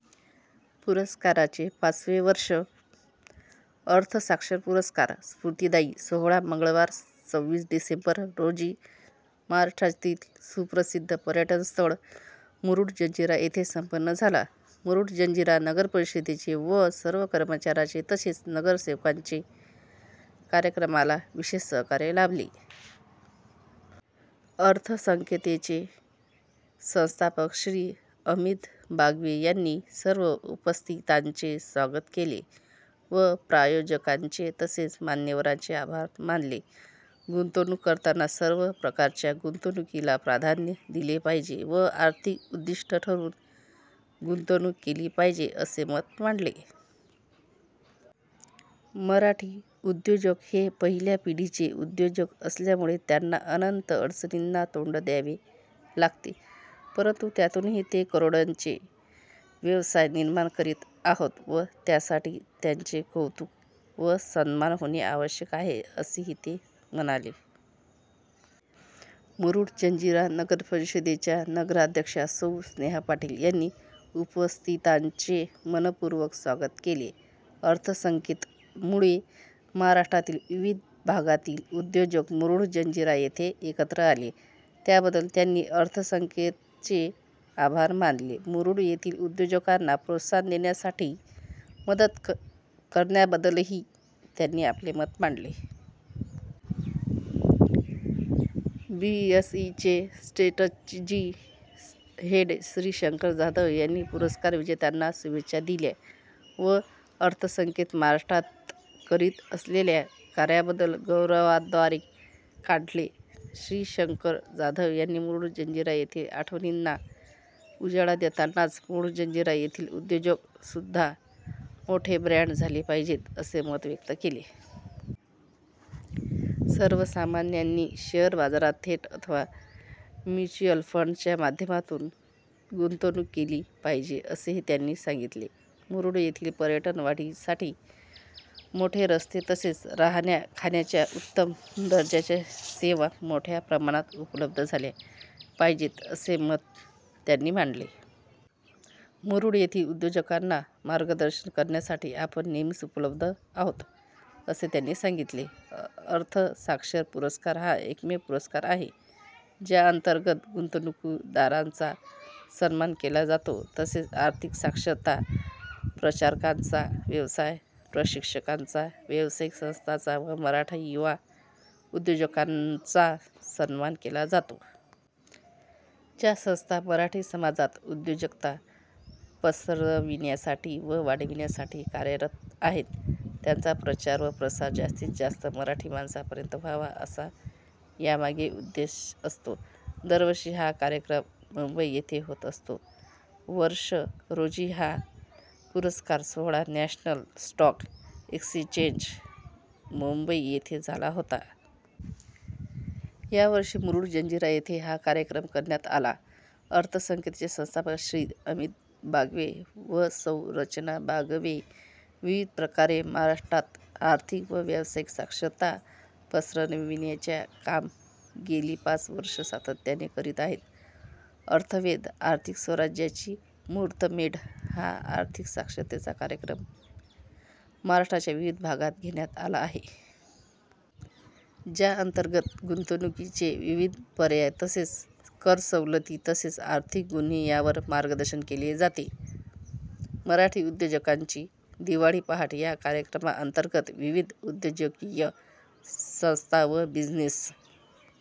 पुरस्काराचे पाचवे वर्ष! अर्थ साक्षर पुरस्कार स्फूर्तिदायी सोहळा मंगळवार सव्वीस डिसेंबर रोजी महाराष्ट्रातील सुप्रसिद्ध पर्यटन स्थळ मुरुड जंजिरा येथे संप्पन झाला. मुरुड जंजिरा नगरपरिषदेचे व सर्व कर्मचाऱ्यांचे तसेच नगरसेवकांचे कार्यक्रमाला विशेष सहकार्य लाभले. अर्थसंकेतचे संस्थापक श्री. अमित बागवे यांनी सर्व उपस्थितांचे स्वागत केले व प्रायोजकांचे तसेच मान्यवरांचे आभार मानले. गुंतवणूक करताना सर्व प्रकारच्या गुंतवणुकीला प्राधान्य दिले पाहिजे व आर्थिक उद्दिष्ट ठरवून गुंतवणूक केली पाहिजे असे मत मांडले. मराठी उद्योजक हे पहिल्या पिढीचे उद्योजक असल्यामुळे त्यांना अनंत अडचणींना तोंड द्यावे लागते परंतु त्यातूनही ते करोडोचे व्यवसाय निर्माण करीत आहेत व त्यासाठी त्यांचे कौतुक व सन्मान होणे आवश्यक आहे असेही ते म्हणाले. मुरुड जंजिरा नगरपरिषदेच्या नगराध्यक्षा सौ. स्नेहा पाटील यांनी उपस्थितांचे मनःपुर्वक स्वागत केले. अर्थसंकेत मुळे महाराष्ट्रातील विविध भागातील उद्योजक मुरुड जंजिरा येथे एकत्र आले त्याबद्दल त्यांनी अर्थसंकेतचे आभार मानले. मुरुड येथील उद्योजकांना प्रोत्साहन देण्यासाठी मदत करण्याबद्दलही त्यांनी आपले मत मांडले. बी एस ई चे स्ट्रॅटेजी हेड श्री. शंकर जाधव यांनी पुरस्कार विजेत्यांना शुभेच्छा दिल्या व अर्थसंकेत महाराष्ट्रात करीत असलेल्या कार्याबद्दल गौरवोद्गार काढले. श्री. शंकर जाधव यांनी मुरुड जंजिरा येथील आठवणींना उजाळा देतानाच मुरुड जंजिरा येथील उद्योग सुद्धा मोठे ब्रँड झाले पाहिजेत असे मत व्यक्त केले. सर्वसामान्यांनी शेअर बाजारात थेट अथवा म्युच्युअल फंडांच्या माध्यमातून गुंतवणूक केली पाहिजे असेही त्यांनी सांगितले. मुरूड येथील पर्यटन वाढीसाठी मोठे रस्ते तसेच राहण्या खाण्याच्या उत्तम दर्जाच्या सेवा मोठ्या प्रमाणात उपलब्ध झाल्या पाहिजेत असे मत त्यांनी मांडले. मुरुड येथील उद्योजकांना मार्गदर्शन करण्यासाठी आपण नेहमीच उपलब्ध आहोत असे त्यांनी सांगितले. अर्थ साक्षर पुरस्कार हा एकमेव पुरस्कार आहे ज्या अंतर्गत गुंतवणूकदारांचा सन्मान केला जातो. तसेच आर्थिक साक्षरता प्रचारकांचा, व्यवसाय प्रशिक्षकांचा, व्यावसायिक संस्थांचा व मराठी युवा उद्योजकांचा सन्मान केला जातो. ज्या संस्था मराठी समाजात उद्योजकता पसरविण्यासाठी व वाढविण्यासाठी कार्यरत आहेत त्यांचा प्रचार व प्रसार जास्तीत जास्त मराठी माणसांपर्यंत व्हावा असा यामागे उद्देश असतो. दरवर्षी हा कार्यक्रम मुंबई येथे होत असतो. वर्ष रोजी हा पुरस्कार सोहळा नॅशनल स्टॉक एक्स्चेंज, मुंबई येथे झाला होता. यावर्षी मुरुड जंजिरा येथे हा कार्यक्रम करण्यात आला. अर्थसंकेतचे संस्थापक श्री. अमित बागवे व सौ. रचना बागवे विविध प्रकारे महाराष्ट्रात आर्थिक व व्यवसायिक साक्षरता पसरविण्याचे काम गेली पाच वर्षे सातत्याने करीत आहेत. अर्थवेध आर्थिक स्वराज्याची मुहूर्तमेढ हा आर्थिक साक्षरतेचा कार्यक्रम महाराष्ट्राच्या विविध भागात घेण्यात आला आहे. ज्या अंतर्गत गुंतवणुकीचे विविध पर्याय तसेच कर सवलती तसेच आर्थिक गुन्हे यावर मार्गदर्शन केले जाते. मराठी उद्योजकांची दिवाळी पहाट या कार्यक्रमा अंतर्गत विविध उद्योजकीय संस्था व बिझनेस